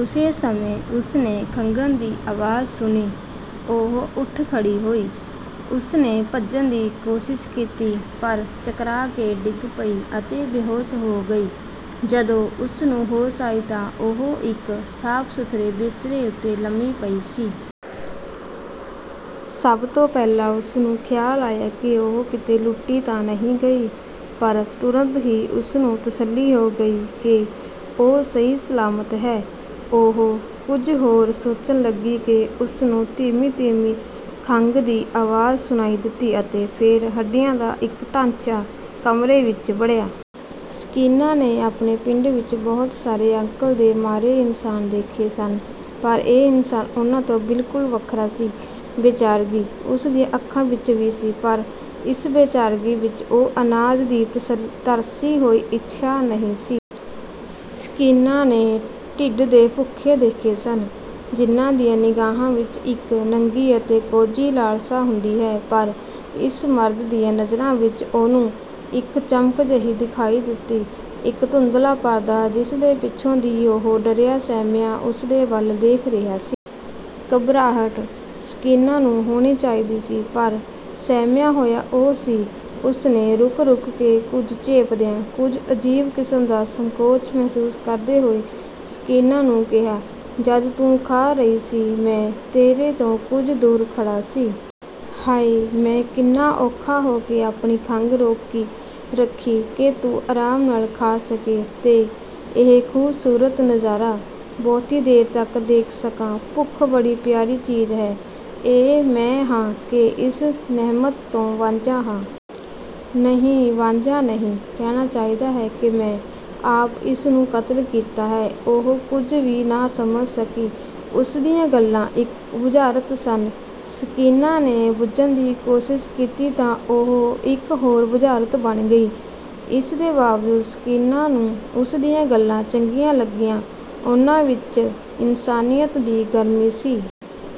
ਉਸੇ ਸਮੇਂ ਉਸਨੇ ਖੰਘਣ ਦੀ ਆਵਾਜ਼ ਸੁਣੀ। ਉਹ ਉੱਠ ਖੜ੍ਹੀ ਹੋਈ, ਉਸਨੇ ਭੱਜਣ ਦੀ ਕੋਸ਼ਿਸ਼ ਕੀਤੀ, ਪਰ ਚਕਰਾ ਕੇ ਡਿੱਗ ਪਈ ਅਤੇ ਬੇਹੋਸ਼ ਹੋ ਗਈ। ਜਦੋਂ ਉਸ ਨੂੰ ਹੋਸ਼ ਆਈ ਤਾਂ ਉਹ ਇਕ ਸਾਫ਼-ਸੁਥਰੇ ਬਿਸਤਰੇ ਉਤੇ ਲੰਮੀ ਪਈ ਸੀ। ਸਭ ਤੋਂ ਪਹਿਲਾਂ ਉਸਨੂੰ ਖ਼ਿਆਲ ਆਇਆ ਕਿ ਉਹ ਕਿਤੇ ਲੁੱਟੀ ਤਾਂ ਨਹੀਂ ਗਈ, ਪਰ ਤੁਰੰਤ ਹੀ ਉਸਨੂੰ ਤਸੱਲੀ ਹੋ ਗਈ ਕਿ ਉਹ ਸਹੀ ਸਲਾਮਤ ਹੈ। ਉਹ ਕੁਝ ਹੋਰ ਸੋਚਣ ਲੱਗੀ ਕਿ ਉਸਨੂੰ ਧੀਮੀ-ਧੀਮੀ ਖੰਘ ਦੀ ਆਵਾਜ਼ ਸੁਣਾਈ ਦਿੱਤੀ ਅਤੇ ਫੇਰ ਹੱਡੀਆਂ ਦਾ ਇਕ ਢਾਂਚਾ ਕਮਰੇ ਵਿਚ ਵੜਿਆ। ਸਕੀਨਾ ਨੇ ਆਪਣੇ ਪਿੰਡ ਵਿਚ ਬਹੁਤ ਸਾਰੇ ਅਕਲ ਦੇ ਮਾਰੇ ਇਨਸਾਨ ਦੇਖੇ ਸਨ, ਪਰ ਇਹ ਇਨਸਾਨ ਉਨ੍ਹਾਂ ਤੋਂ ਬਿਲਕੁਲ ਵੱਖਰਾ ਸੀ; ਬੇਚਾਰਗੀ ਉਸ ਦੀਆਂ ਅੱਖਾਂ ਵਿਚ ਵੀ ਸੀ, ਪਰ ਇਸ ਬੇਚਾਰਗੀ ਵਿਚ ਉਹ ਅਨਾਜ ਦੀ ਤਰਸੀ ਹੋਈ ਇੱਛਾ ਨਹੀਂ ਸੀ। ਸਕੀਨਾ ਨੇ ਢਿੱਡ ਦੇ ਭੁੱਖੇ ਦੇਖੇ ਸਨ, ਜਿਨ੍ਹਾਂ ਦੀਆਂ ਨਿਗਾਹਾਂ ਵਿਚ ਇਕ ਨੰਗੀ ਅਤੇ ਕੋਝੀ ਲਾਲਸਾ ਹੁੰਦੀ ਹੈ, ਪਰ ਇਸ ਮਰਦ ਦੀਆਂ ਨਜ਼ਰਾਂ ਵਿਚ ਉਹਨੂੰ ਇਕ ਚਮਕ ਜਹੀ ਦਿਖਾਈ ਦਿੱਤੀ, ਇਕ ਧੁੰਦਲਾ ਪਰਦਾ, ਜਿਸਦੇ ਪਿਛੋਂ ਦੀ ਉਹ ਡਰਿਆ-ਸਹਿਮਿਆ ਉਸਦੇ ਵੱਲ ਦੇਖ ਰਿਹਾ ਸੀ। ਘਬਰਾਹਟ ਸਕੀਨਾ ਨੂੰ ਹੋਣੀ ਚਾਹੀਦੀ ਸੀ, ਪਰ ਸਹਿਮਿਆ ਹੋਇਆ ਉਹ ਸੀ। ਉਹਨੇ ਰੁਕ-ਰੁਕ ਕੇ, ਕੁਝ ਝੇਂਪਦਿਆਂ, ਕੁਝ ਅਜੀਬ ਕਿਸਮ ਦਾ ਸੰਕੋਚ ਮਹਿਸੂਸ ਕਰਦੇ ਹੋਏ ਸਕੀਨਾ ਨੂੰ ਕਿਹਾ, "ਜਦ ਤੂੰ ਖਾ ਰਹੀ ਸੀ, ਮੈਂ ਤੇਰੇ ਤੋਂ ਕੁਝ ਦੂਰ ਖੜ੍ਹਾ ਸੀ। ਹਾਇ! ਮੈਂ ਕਿੰਨਾ ਔਖਾ ਹੋ ਕੇ ਆਪਣੀ ਖੰਘ ਰੋਕੀ ਰੱਖੀ ਕਿ ਤੂੰ ਆਰਾਮ ਨਾਲ ਖਾ ਸਕੇਂ ਤੇ ਇਹ ਖ਼ੂਬਸੂਰਤ ਨਜ਼ਾਰਾ ਬਹੁਤੀ ਦੇਰ ਤਕ ਦੇਖ ਸਕਾਂ। ਭੁੱਖ ਬੜੀ ਪਿਆਰੀ ਚੀਜ਼ ਹੈ। "ਇਹ ਮੈਂ ਹਾਂ ਕਿ ਇਸ ਨਿਹਮਤ ਤੋਂ ਵਾਂਝਾ ਹਾਂ। ਨਹੀਂ, ਵਾਂਝਾ ਨਹੀਂ, ਕਹਿਣਾ ਚਾਹੀਦਾ ਹੈ ਕਿ ਮੈਂ ਆਪ ਇਸ ਨੂੰ ਕਤਲ ਕੀਤਾ ਹੈ।" ਉਹ ਕੁਝ ਵੀ ਨਾ ਸਮਝ ਸਕੀ। ਉਸਦੀਆਂ ਗੱਲਾਂ ਇਕ ਬੁਝਾਰਤ ਸਨ। ਸਕੀਨਾ ਨੇ ਬੁੱਝਣ ਦੀ ਕੋਸ਼ਿਸ਼ ਕੀਤੀ ਤਾਂ ਉਹ ਇਕ ਹੋਰ ਬੁਝਾਰਤ ਬਣ ਗਈ; ਇਸਦੇ ਬਾਵਜੂਦ ਸਕੀਨਾ ਨੂੰ ਉਸਦੀਆਂ ਗੱਲਾਂ ਚੰਗੀਆਂ ਲੱਗੀਆਂ, ਉਹਨਾਂ ਵਿਚ ਇਨਸਾਨੀਅਤ ਦੀ ਗਰਮੀ ਸੀ।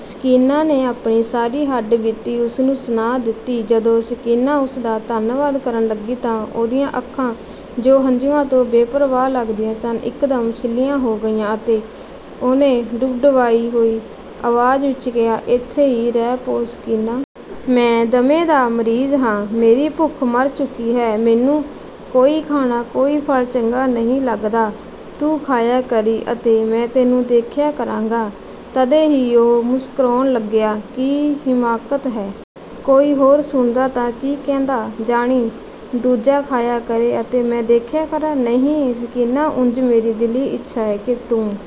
ਸਕੀਨਾ ਨੇ ਆਪਣੀ ਸਾਰੀ ਹੱਡ-ਬੀਤੀ ਉਸਨੂੰ ਸੁਣਾਅ ਦਿੱਤੀ। ਜਦੋਂ ਸਕੀਨਾ ਉਸਦਾ ਧੰਨਵਾਦ ਕਰਨ ਲੱਗੀ ਤਾਂ ਉਹਦੀਆਂ ਅੱਖਾਂ, ਜੋ ਹੰਝੂਆਂ ਤੋਂ ਬੇਪ੍ਰਵਾਹ ਲੱਗਦੀਆਂ ਸਨ, ਇਕਦਮ ਸਿੱਲ੍ਹੀਆਂ ਹੋ ਗਈਆਂ ਅਤੇ ਉਹਨੇ ਡੁਬਡੁਬਾਈ ਹੋਈ ਆਵਾਜ਼ ਵਿਚ ਕਿਹਾ, "ਏਥੇ ਈ ਰਹਿ ਪਓ ਸਕੀਨਾ। ਮੈਂ ਦਮੇ ਦਾ ਮਰੀਜ਼ ਹਾਂ। ਮੇਰੀ ਭੁੱਖ ਮਰ ਚੁੱਕੀ ਹੈ। ਮੈਨੂੰ ਕੋਈ ਖਾਣਾ, ਕੋਈ ਫਲ ਚੰਗਾ ਨਹੀਂ ਲੱਗਦਾ। ਤੂੰ ਖਾਇਆ ਕਰੀਂ ਅਤੇ ਮੈਂ ਤੈਨੂੰ ਦੇਖਿਆ ਕਰਾਂਗਾ। "ਤਦੇ ਹੀ ਉਹ ਮੁਸਕਰਾਉਣ ਲੱਗਿਆ"। ਕੀ ਹਿਮਾਕਤ ਹੈ? ਕੋਈ ਹੋਰ ਸੁਣਦਾ ਤਾਂ ਕੀ ਕਹਿੰਦਾ? ਜਾਣੀ ਦੂਜਾ ਖਾਇਆ ਕਰੇ ਅਤੇ ਮੈਂ ਦੇਖਿਆ ਕਰਾਂ? ਨਹੀਂ ਸਕੀਨਾ ਉਂਝ ਮੇਰੀ ਦਿਲੀ ਇੱਛਾ ਹੈ ਕਿ ਤੂੰ